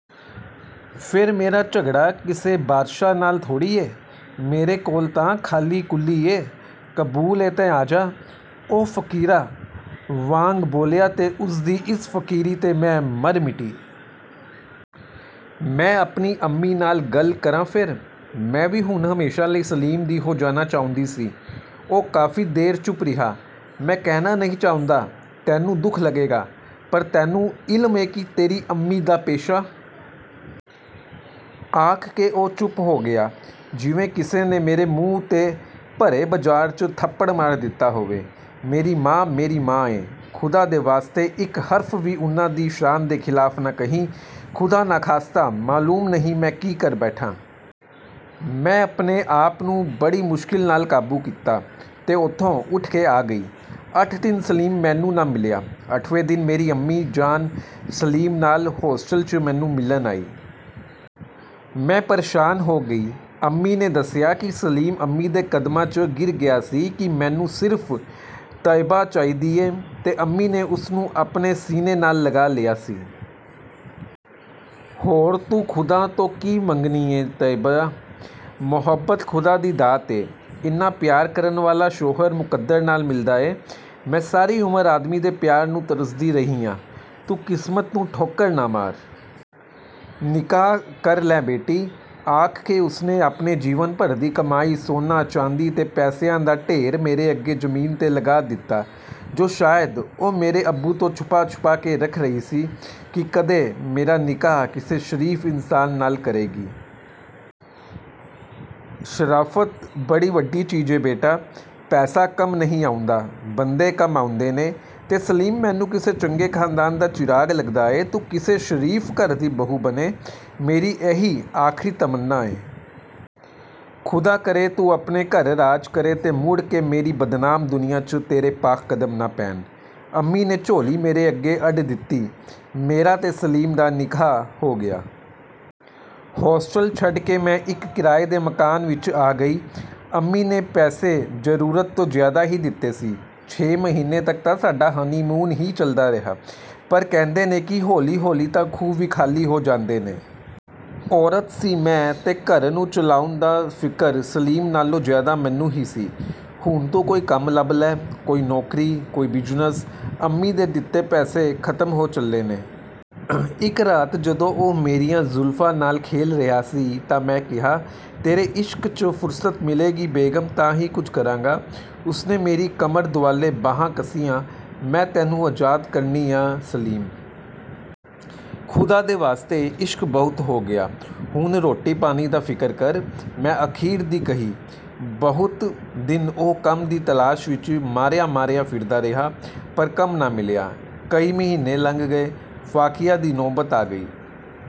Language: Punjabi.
ਫੇਰ ਮੇਰਾ ਝਗੜਾ ਕਿਸੇ ਬਾਦਸ਼ਾਹ ਨਾਲ ਥੋੜ੍ਹੀ ਏ। ਮੇਰੇ ਕੋਲ ਤਾਂ ਖਾਲੀ ਕੁੱਲੀ ਏ, ਕਬੂਲ ਏ ਤਾਂ ਆ ਜਾ…। " ਉਹ ਫ਼ਕੀਰਾਂ ਵਾਂਗ ਬੋਲਿਆ ਤੇ ਉਸ ਦੀ ਇਸ ਫਕੀਰੀ 'ਤੇ ਮੈਂ ਮਰ ਮਿਟੀ। "ਮੈਂ ਆਪਣੀ ਅੰਮੀ ਨਾਲ ਗੱਲ ਕਰਾਂ ਫੇਰ? " ਮੈਂ ਵੀ ਹੁਣ ਹਮੇਸ਼ਾ ਲਈ ਸਲੀਮ ਦੀ ਹੋ ਜਾਣਾ ਚਾਹੁੰਦੀ ਸੀ। ਉਹ ਕਾਫੀ ਦੇਰ ਚੁੱਪ ਰਿਹਾ। ਮੈਂ ਕਹਿਣਾ ਨਹੀਂ ਚਾਹੁੰਦਾ, ਤੈਨੂੰ ਦੁੱਖ ਲੱਗੇਗਾ। ਪਰ ਤੈਨੂੰ ਇਲਮ ਏ ਕਿ ਤੇਰੀ ਅੰਮੀ ਦਾ ਪੇਸ਼ਾ…! " ਆਖ ਕੇ ਉਹ ਚੁੱਪ ਹੋ ਗਿਆ। ਜਿਵੇਂ ਕਿਸੇ ਨੇ ਮੇਰੇ ਮੂੰਹ 'ਤੇ ਭਰੇ ਬਾਜ਼ਾਰ 'ਚ ਥੱਪੜ ਮਾਰ ਦਿੱਤਾ ਹੋਵੇ। ਮੇਰੀ ਮਾਂ ਮੇਰੀ ਮਾਂ ਏ। ਖ਼ੁਦਾ ਦੇ ਵਾਸਤੇ ਇੱਕ ਹਰਫ ਵੀ ਉਨ੍ਹਾਂ ਦੀ ਸ਼ਾਨ ਦੇ ਖਿਲਾਫ ਨਾ ਕਹੀਂ… ਖੁਦਾ ਨਾਖਾਸਤਾ ਮਾਲੂਮ ਨਹੀਂ ਮੈਂ ਕੀ ਕਰ ਬੈਠਾਂ। " ਮੈਂ ਆਪਣੇ ਆਪ ਨੂੰ ਬੜੀ ਮੁਸ਼ਕਿਲ ਨਾਲ ਕਾਬੂ ਕੀਤਾ ਤੇ ਉਥੋਂ ਉਠ ਕੇ ਆ ਗਈ। ਅੱਠ ਦਿਨ ਸਲੀਮ ਮੈਨੂੰ ਨਾ ਮਿਲਿਆ। ਅੱਠਵੇਂ ਦਿਨ ਮੇਰੀ ਅੰਮੀ ਜਾਨ ਸਲੀਮ ਨਾਲ ਹੋਸਟਲ 'ਚ ਮੈਨੂੰ ਮਿਲਣ ਆਈ। ਮੈਂ ਪਸ਼ੇਮਾਨ ਹੋ ਗਈ। ਅੰਮੀ ਨੇ ਦੱਸਿਆ ਕਿ ਸਲੀਮ ਅੰਮੀ ਦੇ ਕਦਮਾਂ 'ਚ ਗਿਰ ਗਿਆ ਸੀ ਕਿ ਮੈਨੂੰ ਸਿਰਫ ਤਈਅਬਾ ਚਾਹੀਦੀ ਏ। ਤੇ ਅੰਮੀ ਨੇ ਉਸ ਨੂੰ ਆਪਣੇ ਸੀਨੇ ਨਾਲ ਲਗਾ ਲਿਆ ਸੀ। "ਹੋਰ ਤੂੰ ਖ਼ੁਦਾ ਤੋਂ ਕੀ ਮੰਗਣੀ ਏਂ ਤਈਅਬਾ, ਮੁਹੱਬਤ ਖ਼ੁਦਾ ਦੀ ਦਾਤ ਏ। ਇੰਨਾ ਪਿਆਰ ਕਰਨ ਵਾਲਾ ਸ਼ੋਹਰ ਮੁਕੱਦਰ ਨਾਲ ਮਿਲਦਾ ਏ। ਮੈਂ ਸਾਰੀ ਉਮਰ ਆਦਮੀ ਦੇ ਪਿਆਰ ਨੂੰ ਤਰਸਦੀ ਰਹੀ ਆਂ। ਤੂੰ ਕਿਸਮਤ ਨੂੰ ਠੋਕਰ ਨਾ ਮਾਰ। ਨਿਕਾਹ ਕਰ ਲੈ ਬੇਟੀ। " ਆਖ ਕੇ ਉਸ ਨੇ ਆਪਣੇ ਜੀਵਨ ਭਰ ਦੀ ਕਮਾਈ ਸੋਨਾ ਚਾਂਦੀ ਤੇ ਪੈਸਿਆਂ ਦਾ ਢੇਰ ਮੇਰੇ ਅੱਗੇ ਜ਼ਮੀਨ 'ਤੇ ਲਗਾ ਦਿੱਤਾ ਜੋ ਸ਼ਾਇਦ ਉਹ ਮੇਰੇ ਅੱਬੂ ਤੋਂ ਛੁਪਾ ਛੁਪਾ ਕੇ ਰੱਖ ਰਹੀ ਸੀ ਕਿ ਕਦੇ ਮੇਰਾ ਨਿਕਾਹ ਕਿਸੇ ਸ਼ਰੀਫ ਇਨਸਾਨ ਨਾਲ ਕਰੇਗੀ। "ਸ਼ਰਾਫ਼ਤ ਬੜੀ ਵੱਡੀ ਚੀਜ਼ ਏ ਬੇਟਾ….। ਪੈਸਾ ਕੰਮ ਨਹੀਂ ਆਉਂਦਾ, ਬੰਦੇ ਕੰਮ ਆਉਂਦੇ ਨੇ, ਤੇ ਸਲੀਮ ਮੈਨੂੰ ਕਿਸੇ ਚੰਗੇ ਖਾਨਦਾਨ ਦਾ ਚਿਰਾਗ ਲੱਗਦਾ ਏ। ਤੂੰ ਕਿਸੇ ਸ਼ਰੀਫ ਘਰ ਦੀ ਬਹੂ ਬਣੇਂ, ਮੇਰੀ ਇਹੀ ਆਖਰੀ ਤਮੰਨਾ ਏ…। ਖ਼ੁਦਾ ਕਰੇ ਤੂੰ ਆਪਣੇ ਘਰ ਰਾਜ ਕਰੇਂ ਤੇ ਮੁੜ ਕੇ ਮੇਰੀ ਬਦਨਾਮ ਦੁਨੀਆਂ 'ਚ ਤੇਰੇ ਪਾਕ ਕਦਮ ਨਾ ਪੈਣ। " ਅੰਮੀ ਨੇ ਝੋਲੀ ਮੇਰੇ ਅੱਗੇ ਅੱਡ ਦਿੱਤੀ। ਮੇਰਾ ਤੇ ਸਲੀਮ ਦਾ ਨਿਕਾਹ ਹੋ ਗਿਆ। ਹੋਸਟਲ ਛੱਡ ਕੇ ਮੈਂ ਇੱਕ ਕਿਰਾਏ ਦੇ ਮਕਾਨ ਵਿਚ ਆ ਗਈ। ਅੰਮੀ ਨੇ ਪੈਸੇ ਜ਼ਰੂਰਤ ਤੋਂ ਜ਼ਿਆਦਾ ਦੇ ਦਿੱਤੇ ਸੀ। ਛੇ ਮਹੀਨੇ ਤੱਕ ਤਾਂ ਸਾਡਾ ਹਨੀਮੂਨ ਹੀ ਚੱਲਦਾ ਰਿਹਾ। ਪਰ ਕਹਿੰਦੇ ਨੇ ਕਿ ਹੌਲੀ ਹੌਲੀ ਤਾਂ ਖੂਹ ਵੀ ਖਾਲੀ ਹੋ ਜਾਂਦੇ ਨੇ। ਔਰਤ ਸੀ ਮੈਂ ਤੇ ਘਰ ਨੂੰ ਚਲਾਉਣ ਦਾ ਫਿਕਰ ਸਲੀਮ ਨਾਲੋਂ ਜ਼ਿਆਦਾ ਮੈਨੂੰ ਹੀ ਸੀ। ਹੁਣ ਤੂੰ ਕੋਈ ਕੰਮ ਲੱਭ ਲੈ। ਕੋਈ ਨੌਕਰੀ…। ਕੋਈ ਬਿਜ਼ਨਸ਼..। ਅੰਮੀ ਦੇ ਦਿੱਤੇ ਪੈਸੇ ਖ਼ਤਮ ਹੋ ਚੱਲੇ ਨੇ। " ਇੱਕ ਰਾਤ ਜਦੋਂ ਉਹ ਮੇਰੀਆਂ ਜ਼ੁਲਫ਼ਾਂ ਨਾਲ ਖੇਲ ਰਿਹਾ ਸੀ ਤਾਂ ਮੈਂ ਕਿਹਾ। "ਤੇਰੇ ਇਸ਼ਕ 'ਚੋਂ ਫੁਰਸਤ ਮਿਲੇਗੀ ਬੇਗ਼ਮ ਤਾਂ ਹੀ ਕੁਝ ਕਰਾਂਗਾ। " ਉਸ ਨੇ ਮੇਰੀ ਕਮਰ ਦੁਆਲੇ ਬਾਹਾਂ ਕੱਸੀਆਂ। "ਮੈਂ ਤੈਨੂੰ ਆਜ਼ਾਦ ਕਰਨੀ ਆਂ ਸਲੀਮ। ਖ਼ੁਦਾ ਦੇ ਵਾਸਤੇ ਇਸ਼ਕ ਬਹੁਤ ਹੋ ਗਿਆ। ਹੁਣ ਰੋਟੀ ਪਾਣੀ ਦਾ ਫਿਕਰ ਕਰ। " ਮੈਂ ਅਖੀਰ ਦੀ ਕਹੀ। ਬਹੁਤ ਦਿਨ ਉਹ ਕੰਮ ਦੀ ਤਲਾਸ਼ ਵਿਚ ਮਾਰਿਆ ਮਾਰਿਆ ਫਿਰਦਾ ਰਿਹਾ, ਪਰ ਕੰਮ ਨਾ ਮਿਲਿਆ। ਕਈ ਮਹੀਨੇ ਲੰਘ ਗਏ। ਫਾਕਿਆਂ ਦੀ ਨੌਬਤ ਆ ਗਈ।